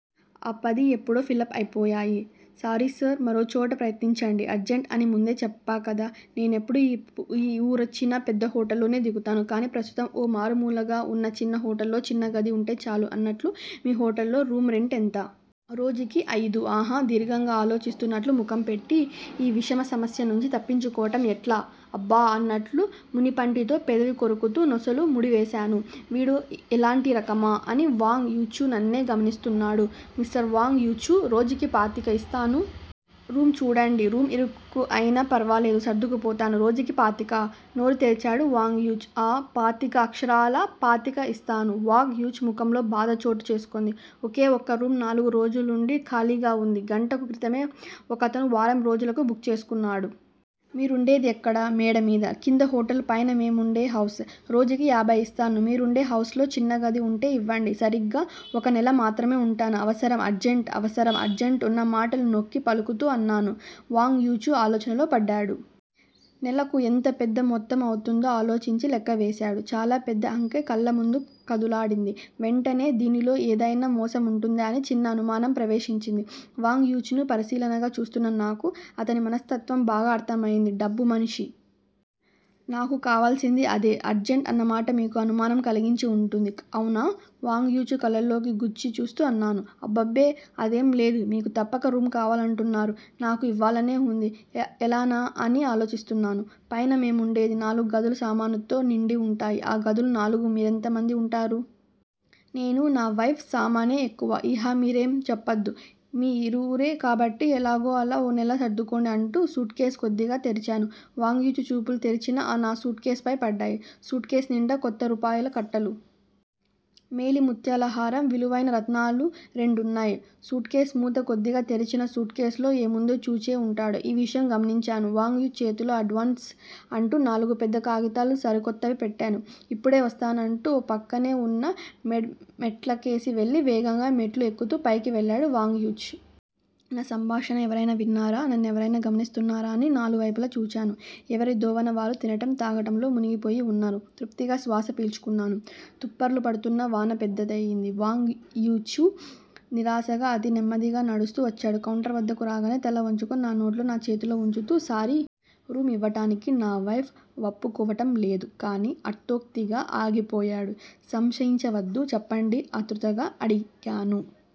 ఆ పది ఎప్పుడో ఫిలప్ అయిపోయాయి, సారీసర్. మరోచోట ప్రయత్నించండి. అర్జంట్ అని ముందే చెప్పాకదా! నేనెప్పుడు ఈ వూరొచ్చినా పెద్ద హోటల్స్ లోనే దిగుతాను. కాని ప్రస్తుతం ఓ మారుమూలగా ఉన్న చిన్న హోటల్లో చిన్న గది ఉంటే చాలు. అన్నట్లు మీ హోటల్లో రూమ్ రెంట్ ఎంత? రోజుకి అయిదు. ఆహా దీర్ఘంగా ఆలోచిస్తున్నట్టు ముఖం పెట్టి, ఈ విషమ సమస్యనుంచి తప్పించుకోవటం ఎట్లా అబ్బా! అన్నట్లు మునిపంటితో పెదవి కొరుకుతూ నొసలు ముడివేశాను. వీడు ఎలాంటి రకమా? అని వాంగ్ యీచూ నన్నే గమనిస్తున్నాడు. మిష్టర్ వాంగ్ యీచూ! రోజుకి పాతిక ఇస్తాను. రూమ్ చూడండి. రూమ్ ఇరుకయినా ఫరవాలేదు సర్దుకుపోతాను. రోజుకి పాతికా? నోరు తెరిచాడు వాంగ్ యీచూ. ఆఁ. పాతిక, అక్షరాలా పాతిక ఇస్తాను. వాంగ్ యీచూ ముఖంలో బాధ చోటు చేసుకుంది. ఒకే ఒక్క రూమ్ నాలుగు రోజులనుండీ ఖాళీగా వుంది? గంటకు క్రితమే ఒకతను వారం రోజులకు బుక్ చేసుకున్నాడు. మీరుండేది ఎక్కడ? మేడ మీద. కింద హోటలు పైన మేముండే హౌస్. రోజుకి యాభై ఇస్తాను. మీరుండే హౌస్ లో చిన్నగది వుంటే ఇవ్వండి. సరీగా ఒక నెల మాత్రమే ఉంటాను. అవసరం, అర్జంట్ అవసరం, అర్జంట్ అన్న మాటలు నొక్కి పలుకుతూ అన్నాను. వాంగ్ యీచూ ఆలోచనలో పడ్డాడు. నెలకు ఎంత పెద్ద మొత్తం అవుతుందో ఆలోచించి లెక్క వేశాడు. చాలా పెద్ద అంకె కళ్ళముందు కదులాడింది. వెంటనే దీనిలో ఏదయినా మోసం ఉంటుందా అని చిన్న అనుమానం ప్రవేశించింది. వాంగ్ యీచూని పరిశీలనగా చూస్తున్న నాకు అతని మనస్తత్వం బాగా అర్ధం అయింది. డబ్బు మనిషి. నాకు కావలసింది అదే. అర్జంట్, అన్నమాట మీకు అనుమానం కలిగించి ఉంటుంది. అవునా? వాంగ్ యీచూ కళ్ళల్లోకి గుచ్చి చూస్తూ అన్నాను. అబ్బెబ్బె! అదేం లేదు. మీకు తప్పక రూమ్ కావాలంటున్నారు. నాకూ ఇవ్వాలనే ఉంది. ఎలానా, అని ఆలోచిస్తున్నాను. పైన మేముండేది నాలుగు గదులు సామానుతో నిండివుంటాయి ఆ గదులు నాలుగు మీరెంత మంది ఉంటారు? నేనూ, నా వైఫ్. సామానే ఎక్కువ! ఇహ మీరేం చెప్పొద్దు. మీఇరువురే కాబట్టి ఎలాగో అలా ఓ నెల సర్దుకోండి అంటూ సూట్ కేస్ కొద్దిగా తెరిచాను. వాంగ్ యీచూ చూపులు తెరిచిన నా సూట్ కేస్ పై పడ్డాయి. సూట్ కేస్ నిండా కొత్తరూపాయల కట్టలు. మేలి ముత్యాలహారం. విలువయిన రత్నాలు రెండు ఉన్నాయి. సూట్ కేస్ మూత కొద్దిగా తెరిచినా సూట్ కేస్ లో ఏముందో చూచే ఉంటాడు. ఈ విషయం గమనించాను. వాంగ్ యీచూ చేతిలో ఎడ్వాన్స్ అంటూ నాలుగు పెద్ద కాగితాలు సరికొత్తవి పెట్టాను. ఇప్పుడే వస్తాను అంటూ ఓ పక్కనే ఉన్న మేడమెట్లకేసి వెళ్ళి వేగంగా మెట్లు ఎక్కుతూ పైకి వెళ్ళాడు వాంగ్ యీచూ. నా సంభాషణ ఎవరైనా విన్నారా? నన్నెవరయినా గమనిస్తున్నారా? అని నలువైపులా చూచాను. ఎవరి దోవన వారు తినటం, తాగటంలో మునిగిపోయి ఉన్నారు. తృప్తిగా శ్వాస పీల్చుకున్నాను. తుప్పర్లు పడుతున్న వాన పెద్దదయింది. వాంగ్ యీచూ నిరాశగా అతి నెమ్మదిగా నడుస్తూ వచ్చాడు. కౌంటర్ వద్దకు రాగానే తల వంచుకుని నా నోట్లు నా చేతిలో ఉంచుతూ, సారీ! రూమ్ ఇవ్వటానికి నా వైఫ్ వప్పుకోవటం లేదు. కాని అర్ధోక్తిగా ఆగిపోయాడు. సంశయించవద్దు. చెప్పండి ఆతృతగా అడిగాను.